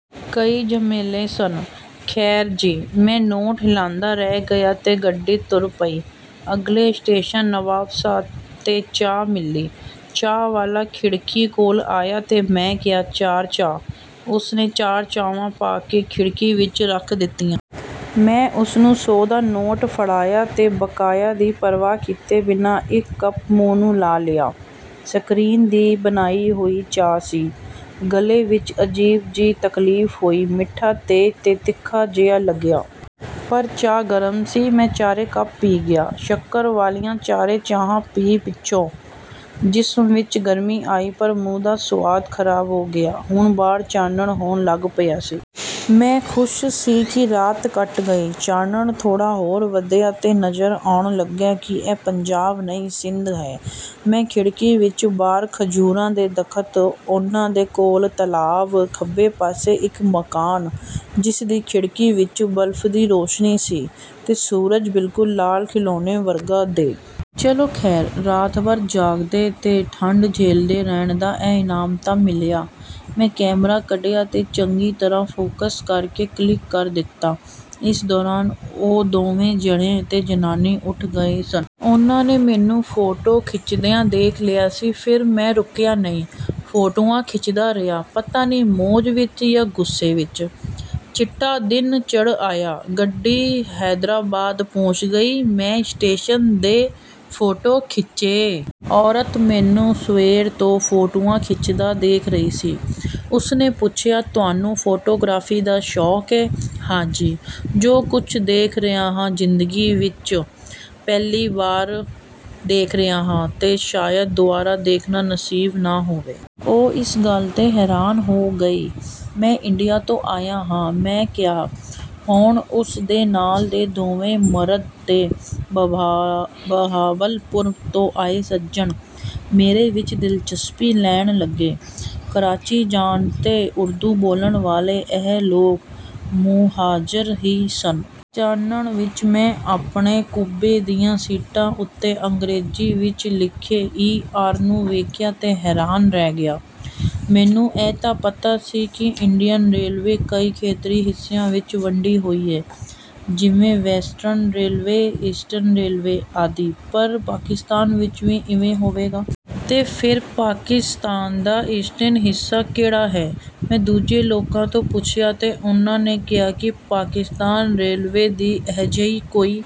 ਕਈ ਝਮੇਲੇ ਸਨ। ਖ਼ੈਰ ਜੀ, ਮੈਂ ਨੋਟ ਹਿਲਾਉਂਦਾ ਰਹਿ ਗਿਆ ਤੇ ਗੱਡੀ ਤੁਰ ਪਈ। ਅਗਲੇ ਸਟੇਸ਼ਨ, ਨਵਾਬਸ਼ਾਹ 'ਤੇ ਚਾਹ ਮਿਲੀ। ਚਾਹ ਵਾਲਾ ਖਿੜਕੀ ਕੋਲ ਆਇਆ ਤਾਂ ਮੈਂ ਕਿਹਾ, "ਚਾਰ ਚਾਹ।" ਉਸ ਨੇ ਚਾਰ ਚਾਹਾਂ ਪਾ ਕੇ ਖਿੜਕੀ ਵਿੱਚ ਰੱਖ ਦਿੱਤੀਆਂ। ਮੈਂ ਉਸ ਨੂੰ ਸੌ ਦਾ ਨੋਟ ਫੜਾਇਆ ਤੇ ਬਕਾਇਆ ਦੀ ਪ੍ਰਵਾਹ ਕੀਤੇ ਬਿਨਾਂ ਇੱਕ ਕੱਪ ਮੂੰਹ ਨੂੰ ਲਾ ਲਿਆ। ਸਕਰੀਨ ਦੀ ਬਣਾਈ ਹੋਈ ਚਾਹ ਸੀ। ਗਲੇ ਵਿੱਚ ਅਜੀਬ ਜਿਹੀ ਤਕਲੀਫ਼ ਹੋਈ। ਮਿੱਠਾ ਤੇਜ਼ ਤੇ ਤਿੱਖਾ ਜਿਹਾ ਲੱਗਿਆ। ਪਰ ਚਾਹ ਗਰਮ ਸੀ। ਮੈਂ ਚਾਰੇ ਕੱਪ ਪੀ ਗਿਆ। ਸ਼ੱਕਰ ਵਾਲੀਆਂ ਚਾਰੇ ਚਾਹਾਂ ਪੀਣ ਪਿੱਛੋਂ ਜਿਸਮ ਵਿੱਚ ਗਰਮੀ ਆਈ, ਪਰ ਮੂੰਹ ਦਾ ਸਵਾਦ ਖ਼ਰਾਬ ਹੋ ਗਿਆ। ਹੁਣ ਬਾਹਰ ਚਾਨਣ ਹੋਣ ਲੱਗ ਪਿਆ ਸੀ। ਮੈਂ ਖ਼ੁਸ਼ ਸੀ ਕਿ ਰਾਤ ਕੱਟੀ ਗਈ। ਚਾਨਣ ਥੋੜ੍ਹਾ ਹੋਰ ਵਧਿਆ ਤਾਂ ਨਜ਼ਰ ਆਉਣ ਲੱਗਾ ਕਿ ਇਹ ਪੰਜਾਬ ਨਹੀਂ, ਸਿੰਧ ਹੈ। ਮੈਂ ਖਿੜਕੀ ਵਿੱਚੋਂ ਬਾਹਰ ਖਜੂਰਾਂ ਦੇ ਦਰਖ਼ਤ, ਉਹਨਾਂ ਦੇ ਕੋਲ ਤਲਾਅ, ਖੱਬੇ ਪਾਸੇ ਇੱਕ ਮਕਾਨ, ਜਿਸ ਦੀ ਖਿੜਕੀ ਵਿੱਚ ਬੱਲਬ ਦੀ ਰੋਸ਼ਨੀ ਸੀ, ਤੇ ਸੂਰਜ ਬਿਲਕੁਲ ਲਾਲ ਖਿਡੌਣੇ ਵਰਗਾ ਦੇ ਚਲੋ ਖ਼ੈਰ, ਰਾਤ ਭਰ ਜਾਗਦੇ ਤੇ ਠੰਡ ਝੱਲਦੇ ਰਹਿਣ ਦਾ ਇਹ ਇਨਾਮ ਤਾਂ ਮਿਲਿਆ। ਮੈਂ ਕੈਮਰਾ ਕੱਢਿਆ ਤੇ ਚੰਗੀ ਤਰ੍ਹਾਂ ਫੋਕਸ ਕਰਕੇ ਕਲਿੱਕ ਕਰ ਦਿੱਤਾ। ਇਸ ਦੌਰਾਨ ਉਹ ਦੋਵੇਂ ਜਣੇ ਤੇ ਜਨਾਨੀ ਉੱਠ ਗਏ ਸਨ। ਉਹਨਾਂ ਨੇ ਮੈਨੂੰ ਫੋਟੋ ਖਿੱਚਦਿਆਂ ਦੇਖ ਲਿਆ ਸੀ। ਫਿਰ ਮੈਂ ਰੁਕਿਆ ਨਹੀਂ। ਫੋਟੋਆਂ ਖਿੱਚਦਾ ਰਿਹਾ। ਪਤਾ ਨਹੀਂ, ਮੌਜ ਵਿੱਚ ਜਾਂ ਗੁੱਸੇ ਵਿੱਚ। ਚਿੱਟਾ ਦਿਨ ਚੜ੍ਹ ਆਇਆ। ਗੱਡੀ ਹੈਦਰਾਬਾਦ ਪਹੁੰਚ ਗਈ। ਮੈਂ ਸਟੇਸ਼ਨ ਦੇ ਫੋਟੋ ਖਿੱਚੇ। ਔਰਤ ਮੈਨੂੰ ਸਵੇਰ ਤੋਂ ਫੋਟੋਆਂ ਖਿੱਚਦਾ ਦੇਖ ਰਹੀ ਸੀ। ਉਸ ਨੇ ਪੁੱਛਿਆ, "ਤੁਹਾਨੂੰ ਫੋਟੋਗ੍ਰਾਫੀ ਦਾ ਸ਼ੌਕ ਏ?" "ਹਾਂ ਜੀ... ਜੋ ਕੁਝ ਦੇਖ ਰਿਹਾ ਹਾਂ, ਜ਼ਿੰਦਗੀ ਵਿੱਚ ਪਹਿਲੀ ਵਾਰ ਦੇਖ ਰਿਹਾ ਹਾਂ ਤੇ ਸ਼ਾਇਦ ਦੁਬਾਰਾ ਦੇਖਣਾ ਨਸੀਬ ਨਾ ਹੋਵੇ।" ਉਹ ਇਸ ਗੱਲ 'ਤੇ ਹੈਰਾਨ ਹੋ ਗਈ। "ਮੈਂ ਇੰਡੀਆ ਤੋਂ ਆਇਆ ਆਂ," ਮੈਂ ਕਿਹਾ। ਹੁਣ ਉਸ ਦੇ ਨਾਲ ਦੇ ਦੋਵੇਂ ਮਰਦ ਤੇ ਬਹਾਵਲਪੁਰ ਤੋਂ ਆਏ ਸੱਜਣ ਮੇਰੇ ਵਿੱਚ ਦਿਲਚਸਪੀ ਲੈਣ ਲੱਗੇ। ਕਰਾਚੀ ਜਾਣ ਤੇ ਉਰਦੂ ਬੋਲਣ ਵਾਲੇ ਇਹ ਲੋਕ 'ਮੁਹਾਜਿਰ' ਹੀ ਸਨ। ਚਾਨਣ ਵਿੱਚ ਮੈਂ ਆਪਣੇ ਕੂਪੇ ਦੀਆਂ ਸੀਟਾਂ ਉੱਤੇ ਅੰਗਰੇਜ਼ੀ ਵਿੱਚ ਲਿਖੇ 'ਈ. ਆਰ.' ਨੂੰ ਦੇਖਿਆ ਤੇ ਹੈਰਾਨ ਰਹਿ ਗਿਆ। ਮੈਨੂੰ ਇਹ ਤਾਂ ਪਤਾ ਸੀ ਕਿ ਇੰਡੀਅਨ ਰੇਲਵੇ ਕਈ ਖੇਤਰੀ ਹਿੱਸਿਆਂ ਵਿੱਚ ਵੰਡੀ ਹੋਈ ਹੈ, ਜਿਵੇਂ ਵੈਸਟਰਨ ਰੇਲਵੇ, ਈਸਟਰਨ ਰੇਲਵੇ ਆਦਿ, ਪਰ ਪਾਕਿਸਤਾਨ ਵਿੱਚ ਵੀ ਇਵੇਂ ਹੋਵੇਗਾ? ਤੇ ਫਿਰ ਪਾਕਿਸਤਾਨ ਦਾ ਈਸਟਰਨ ਹਿੱਸਾ ਕਿਹੜਾ ਹੈ? ਮੈਂ ਦੂਜੇ ਲੋਕਾਂ ਤੋਂ ਪੁੱਛਿਆ ਤਾਂ ਉਹਨਾਂ ਨੇ ਕਿਹਾ ਕਿ ਪਾਕਿਸਤਾਨ ਰੇਲਵੇ ਦੀ ਅਜਿਹੀ ਕੋਈ...